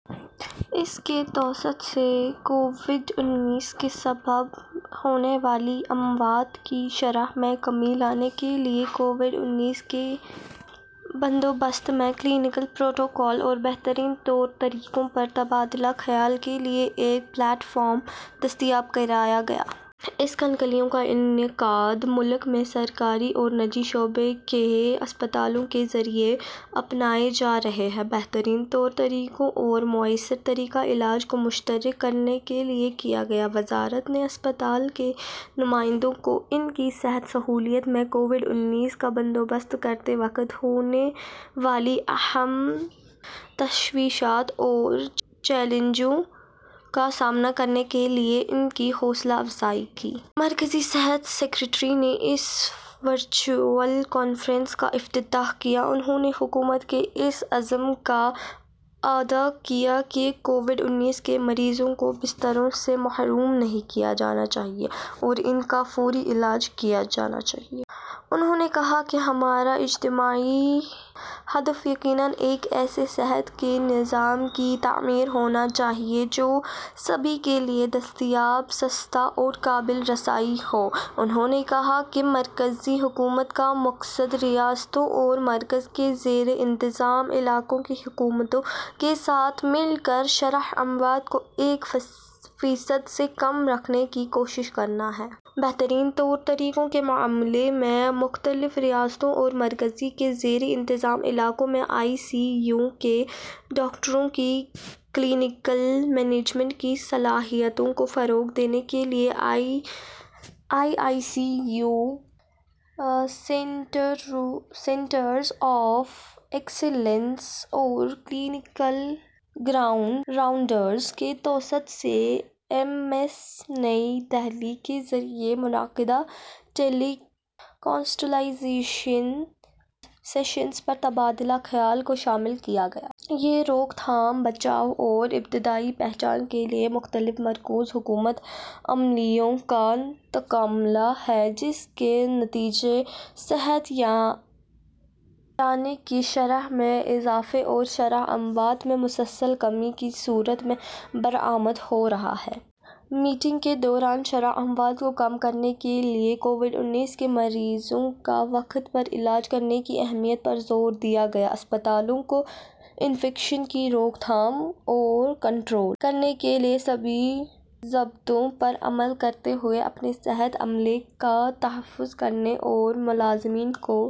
اس کے توسط سے کووڈ انیس کے سبب ہونے والی اموات کی شرح میں کمی لانے کے لیے کووڈ انیس کے بندوبست میں کلینکل پروٹوکول اور بہترین طور طریقوں پر تبادلہ خیال کے لیے ایک پلیٹ فارم دستیاب کرایا گیا۔ اس کنکلیو کا انعقاد ملک میں سرکاری اور نجی شعبے کے اسپتالوں کے ذریعے اپنائے جا رہے بہترین طور طریقوں اور مؤثر طریقہ علاج کو مشترک کرنے کے لیے کیا گیا۔ وزارت نے اسپتال کے نمائندوں کو ان کی صحت سہولیات میں کووڈ انیس کا بندوبست کرتے وقت ہونے والی اہم تشویشات اور چیلنجوں کا سامنا کرنے کے لیے ان کی حوصلہ افزائی کی۔ مرکزی صحت سکریٹری نے اس ورچوئل کانفرنس کا افتتاح کیا۔ انہوں نے حکومت کے اس عزم کا اعادہ کیا کہ کووڈ انیس کے مریضوں کو بستروں سے محروم نہیں کیا جانا چاہیے اور ان کا فوری علاج کیا جانا چاہیے۔ انہوں نے کہا کہ ہمارا اجتماعی ہدف یقیناً ایک ایسے صحت کے نظام کی تعمیر ہونا چاہیے جو سبھی کے لیے دستیاب، سستا اور قابل رسائی ہو۔ انہوں نے کہا کہ مرکزی حکومت کا مقصد ریاستوں اور مرکز کے زیر انتظام علاقوں کی حکومتوں کے ساتھ مل کر شرح اموات کو ایک فیصد سے کم رکھنے کی کوشش کرنا ہے۔ بہترین طور طریقوں کے معاملے میں مختلف ریاستوں اور مرکز کے زیر انتظام علاقوں میں آئی سی یو کے ڈاکٹروں کی کلینکل مینجمنٹ کی صلاحیتوں کو فروغ دینے کے لیے E I C U, centres of excellence اور کلینکل گراؤنڈ راؤنڈز کے توسط سے ایمس نئی دہلی کے ذریعے منعقدہ ٹیلی کنسلٹیشن سیشنز پر تبادلہ خیال کو شامل کیا گیا۔ یہ روک تھام، بچاؤ اور ابتدائی پہچان کے لیے مختلف مرکوز حکمت عملیوں کا تکملہ ہے، جس کا نتیجہ صحت یابی کی شرح میں اضافے اور شرح اموات میں مسلسل کمی کی صورت میں برآمد ہو رہا ہے۔ میٹنگ کے دوران شرح اموات کو کم کرنے کے لیے کووڈ انیس کے مریضوں کا وقت پر علاج کرنے کی اہمیت پر زور دیا گیا۔ اسپتالوں کو انفیکشن کی روک تھام اور کنٹرول کرنے کے لیے سبھی ضابطوں پر عمل کرتے ہوئے اپنے صحت عملے کا تحفظ کرنے اور ملازمین کو